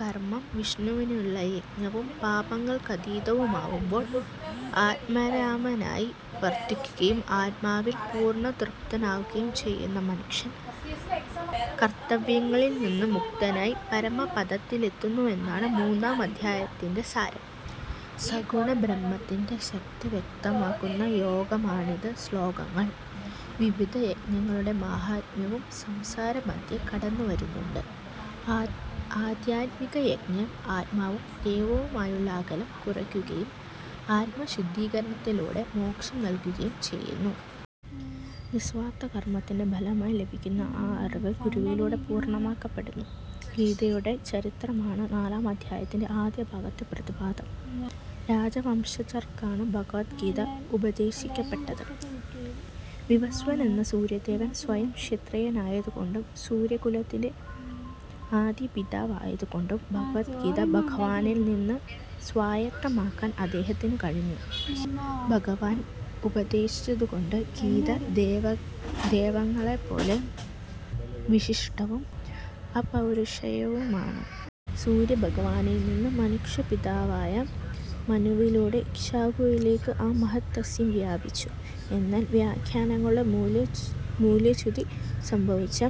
കർമം വിഷ്ണുവിനുള്ള യജ്ഞവും പാപങ്ങൾക്കതീതവുമാവുമ്പോൾ, ആത്മാരാമാനായി വർത്തിയ്ക്കുകയും ആത്മാവിൽ പൂർണതൃപ്തനാവുകയും ചെയ്യുന്ന മനുഷ്യൻ, കർത്തവ്യങ്ങളിൽ നിന്ന് മുക്തനായി പരമപദത്തിലെത്തുന്നുവെന്നതാണ് മൂന്നാമദ്ധ്യായത്തിന്റെ സാരം. സഗുണബ്രഹ്മത്തിന്റെ ശക്തി വ്യക്തമാക്കുന്ന യോഗമാണിത്, ശ്ലോകങ്ങൾ. വിവിധ യജ്ഞങ്ങളുടെ മാഹാത്മ്യവും സംസാരമധ്യേ കടന്നു വരുന്നുണ്ട്. ആദ്ധ്യാത്മികജ്ഞാനം ആത്മാവും ദൈവവുമായുള്ള അകലം കുറയ്ക്കുകയും ആത്മശുദ്ധീകരണത്തിലൂടെ മോക്ഷം നൽകുകയു ചെയ്യുന്നു. നിസ്സ്വാർത്ഥകർമ്മത്തിന്റെ ഫലമായി ലഭിയ്ക്കുന്ന ആ അറിവ് ഗുരുവിലൂടെ പൂർണമാക്കപ്പെടുന്നു. ഗീതയുടെ ചരിത്രമാണ് നാലാമദ്ധ്യായത്തിന്റെ ആദ്യ ഭാഗത്തെ പ്രതിപാദ്യം. രാജവംശജർക്കായാണ് ഭഗവദ് ഗീത ഉപദേശിയ്ക്കപ്പെട്ടത്. വിവസ്വാനെന്ന സൂര്യദേവൻ സ്വയം ക്ഷത്രിയനായതുകൊണ്ടും സൂര്യകുലത്തിന്റെ ആദിപിതാവായതുകൊണ്ടും ഭഗവദ്ഗീത ഭഗവാനിൽ നിന്ന് സ്വായത്തമാക്കാൻ അദ്ദേഹത്തിനു കഴിഞ്ഞു. ഭഗവാൻ ഉപദേശിച്ചതുകൊണ്ട് ഗീത വേദങ്ങളെപ്പോലെ വിശിഷ്ടവും അപൗരുഷേയവുമാണ്. സൂര്യഭഗവാനിൽ നിന്ന് മനുഷ്യപിതാവായ മനുവിലൂടെ ഇക്ഷ്വാകുവിലേയ്ക്കും ആ മഹത്സത്യം വ്യാപിച്ചു. എന്നാൽ വ്യാഖ്യാനങ്ങളിലൂടെ മൂല്യച്യുതി സംഭവിച്ച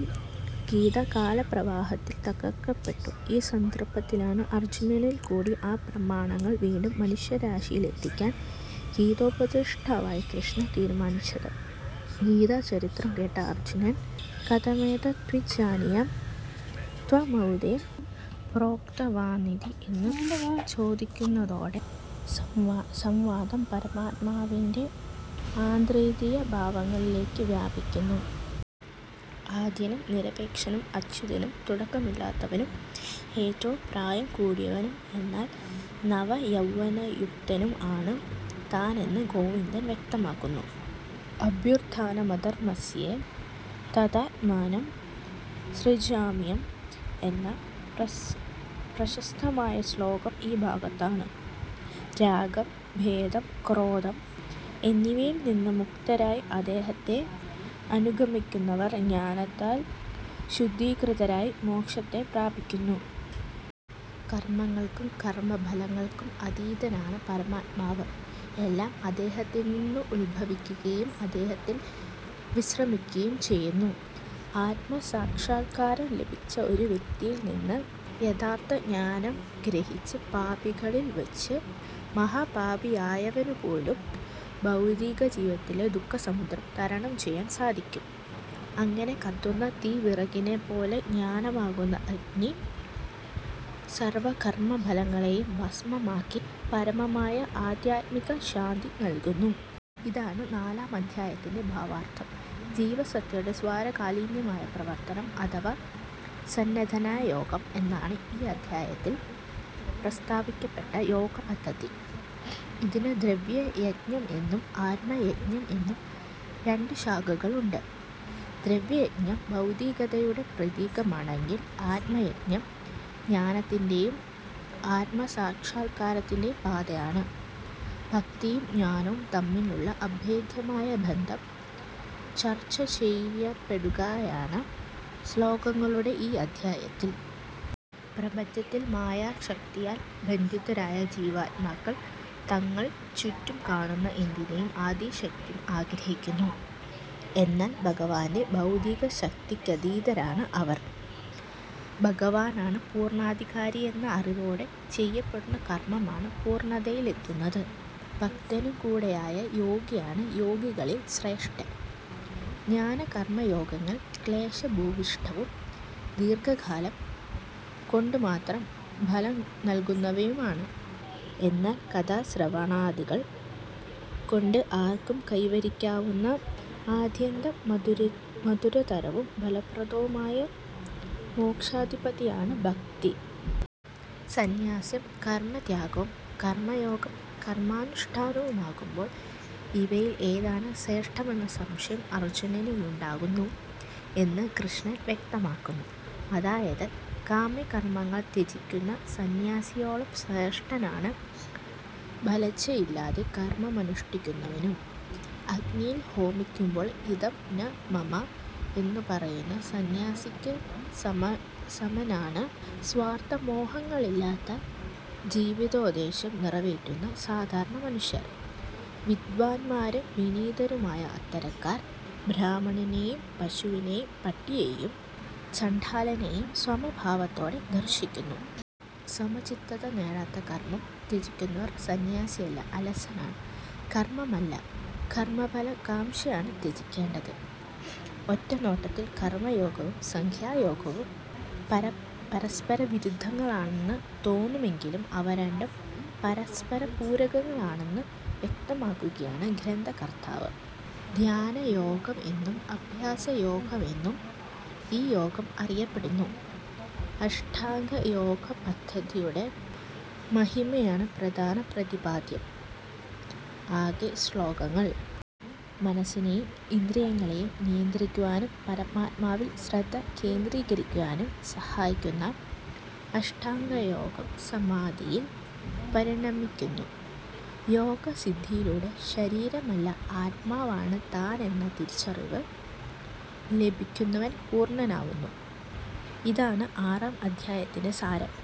ഗീത കാലപ്രവാഹത്തിൽ തകർക്കപ്പെട്ടു. ഈ സന്ദർഭത്തിലാണ് അർജുനനിൽക്കൂടി ആ പ്രമാണങ്ങൾ വീണ്ടും മനുഷ്യരാശിയിലെത്തിയ്ക്കാൻ ഗീതോപദേഷ്ടാവായ കൃഷ്ണൻ തീരുമാനിച്ചത്. ഗീതാചരിത്രം കേട്ട അർജ്ജുനൻ; കഥമേതദ്വിജാനീയാം ത്വമാദൌ പ്രോക്തവാനിതി എന്നു ചോദിയ്ക്കുന്നതോടെ സംവാദം പരമാത്മാവിന്റെ അതീന്ദ്രിയഭാവങ്ങളിലേയ്ക്ക് വ്യാപിയ്ക്കുന്നു. ആദ്യനും നിരപേക്ഷനും അച്യുതനും തുടക്കമില്ലാത്തവനും ഏറ്റവും പ്രായം കൂടിയവനും എന്നാൽ നവയൗവനയുക്തനും ആണു താനെന്ന് ഗോവിന്ദൻ വ്യക്തമാക്കുന്നു. അഭ്യുത്ഥാനമധർമസ്യ തദാത്മാനം സൃജാമ്യഹം എന്ന പ്രശസ്തമായ ശ്ലോകം ഈ ഭാഗത്താണ്. രാഗം ഭേദം ക്രോധം എന്നിവയിൽ നിന്ന് മുക്തരായി അദ്ദേഹത്തെ അനുഗമിയ്ക്കുന്നവർ, ജ്ഞാനത്താൽ ശുദ്ധീകൃതരായി മോക്ഷത്തെ പ്രാപിയ്ക്കുന്നു. കർമങ്ങൾക്കും കർമഫലങ്ങൾക്കും അതീതനാണ് പരമാത്മാവ്. എല്ലാം അദ്ദേഹത്തിൽനിന്നുത്ഭവിയ്ക്കുകയും അദ്ദേഹത്തിൽ വിശ്രമിയ്ക്കുകയും ചെയ്യുന്നു. ആത്മസാക്ഷാത്കാരം ലഭിച്ച ഒരു വ്യക്തിയിൽ നിന്ന് യഥാർത്ഥജ്ഞാനം ഗ്രഹിച്ച് പാപികളിൽ വച്ച് മഹാപാപിയായവനു പോലും ഭൗതികജീവിതത്തിലെ ദുഃഖസമുദ്രം തരണം ചെയ്യാൻ സാധിയ്ക്കും. അങ്ങനെ കത്തുന്ന തീ വിറകിനെയെന്നപോലെ ജ്ഞാനമാകുന്ന അഗ്നി സർവ്വ കർമഫലങ്ങളെയും ഭസ്മമാക്കി പരമമായ ആദ്ധ്യാത്മികശാന്തി നൽകുന്നു. ഇതാണ് നാലാമധ്യായത്തിന്റെ ഭാവാർത്ഥം. ജീവസത്തയുടെ സാര്വകാലീനമായ പ്രവർത്തനം അഥവാ സനാതനയോഗം എന്നതാണ് ഈ അദ്ധ്യായത്തിൽ പ്രസ്താവിയ്ക്കപ്പെട്ട യോഗപദ്ധതി. ഇതിന് ദ്രവ്യയജ്ഞം എന്നും ആത്മയജ്ഞം എന്നും രണ്ടു ശാഖകളുണ്ട്. ദ്രവ്യയജ്ഞം ഭൗതികതയുടെ പ്രതീകമാണെങ്കിൽ ആത്മയജ്ഞം ജ്ഞാനത്തിന്റെയും ആത്മസാക്ഷാത്കരണത്തിന്റെയും പാതയാണ്. ഭക്തിയും ജ്ഞാനവും തമ്മിലുള്ള അഭേദ്യമായ ബന്ധം ചർച്ച ചെയ്യപ്പെടുകയാണ് ശ്ലോകങ്ങളുള്ള ഈ അദ്ധ്യായത്തിൽ. പ്രപഞ്ചത്തിന്റെ മായാശക്തിയാൽ ബന്ധിതരായ ജീവാത്മാക്കൾ, തങ്ങൾ ചുറ്റും കാണുന്ന എന്തിന്റെയും അധീശത്വം ആഗ്രഹിയ്ക്കുന്നു. എന്നാൽ ഭഗവാന്റെ ഭൗതികശക്തിയ്ക്കധീനരാണവർ. ഭഗവാനാണ് പൂർണാധികാരിയെന്ന അറിവോടെ ചെയ്യപ്പെടുന്ന കർമമാണ് പൂർണതയിലെത്തുന്നത്. ഭക്തനും കൂടിയായ യോഗിയാണ് യോഗികളിൽ ശ്രേഷ്ഠൻ. ജ്ഞാനകർമയോഗങ്ങൾ ക്ലേശഭൂവിഷ്ടവും ദീർഘകാലം കൊണ്ടുമാത്രം ഫലം നൽകുന്നവയുമാണ്. എന്നാൽ കഥാശ്രവണാദികൾ കൊണ്ട് ആർക്കും കൈവരിയ്ക്കാവുന്ന ആദ്യന്തം മധുരതരവും ഫലപ്രദവുമായ മോക്ഷോപാധിയാണ് ഭക്തി. സന്യാസം കർമത്യാഗവും, കർമയോഗം കർമാനുഷ്ടാനവുമാവുമ്പോൾ ഇവയിൽ ഏതാണു ശ്രേഷ്ഠമെന്ന സംശയം അർജ്ജുനനിലുണ്ടാകുന്നു. എന്ന് കൃഷ്ണൻ വ്യക്തമാക്കുന്നു. അതായത് കാമ്യകർമങ്ങൾ ത്യജിയ്ക്കുന്ന സന്യാസിയോളം ശ്രേഷ്ഠനാണ് ഫലേച്ഛയില്ലാതെ കർമമനുഷ്ടിയ്ക്കുന്നവനും. അഗ്നിയിൽ ഹോമിയ്ക്കുമ്പോൾ "ഇദം ന മമ" എന്നു പറയുന്ന സന്യാസിക്കു സമനാണ് സ്വാർത്ഥമോഹങ്ങളില്ലാതെ ജീവിതോദ്ദേശ്യം നിറവേറ്റുന്ന സാധാരണമനുഷ്യർ. വിദ്വാന്മാരും വിനീതരുമായ അത്തരക്കാർ ബ്രാഹ്മണനെയും പശുവിനെയും പട്ടിയേയും ചണ്ഡാലനെയും സമഭാവത്തോടെ ദർശിക്കുന്നു. സമചിത്തത നേടാതെ കർമം ത്യജിയ്ക്കുന്നവൻ സന്യാസിയല്ല, അലസനാണ്. കർമമല്ല കർമഫലകാംക്ഷയാണ് ത്യജിയ്ക്കേണ്ടത്. ഒറ്റനോട്ടത്തിൽ കർമയോഗവും സാംഖ്യയോഗവും പരസ്പരവിരുദ്ധങ്ങളാണെന്നു തോന്നുമെങ്കിലും അവരണ്ടും പരസ്പരപൂരകങ്ങളാണെന്നു വ്യക്തമാക്കുകയാണ് ഗ്രന്ഥകർത്താവ്. ധ്യാന യോഗം എന്നും അഭ്യാസയോഗം എന്നും ഈ യോഗം അറിയപ്പെടുന്നു. അഷ്ടാംഗ യോഗ പദ്ധതിയുടെ മഹിമയാണ് പ്രധാന പ്രതിപാദ്യം. ആകെ ശ്ലോകങ്ങൾ. മനസ്സിനെയും ഇന്ദ്രിയങ്ങളെയും നിയന്ത്രിക്കുവാനും പരമാത്മാവിൽ ശ്രദ്ധ കേന്ദ്രീകരിയ്ക്കാനും സഹായിക്കുന്ന അഷ്ടാംഗ യോഗം സമാധിയിൽ പരിണമിയ്ക്കുന്നു. യോഗസിദ്ധിയിലൂടെ ശരീരമല്ല ആത്മാവാണ് താൻ എന്ന തിരിച്ചറിവ് ലഭിയ്ക്കുന്നവൻ പൂർണനാവുന്നു. ഇതാണ് ആറാമദ്ധ്യായത്തിൻറെ സാരം.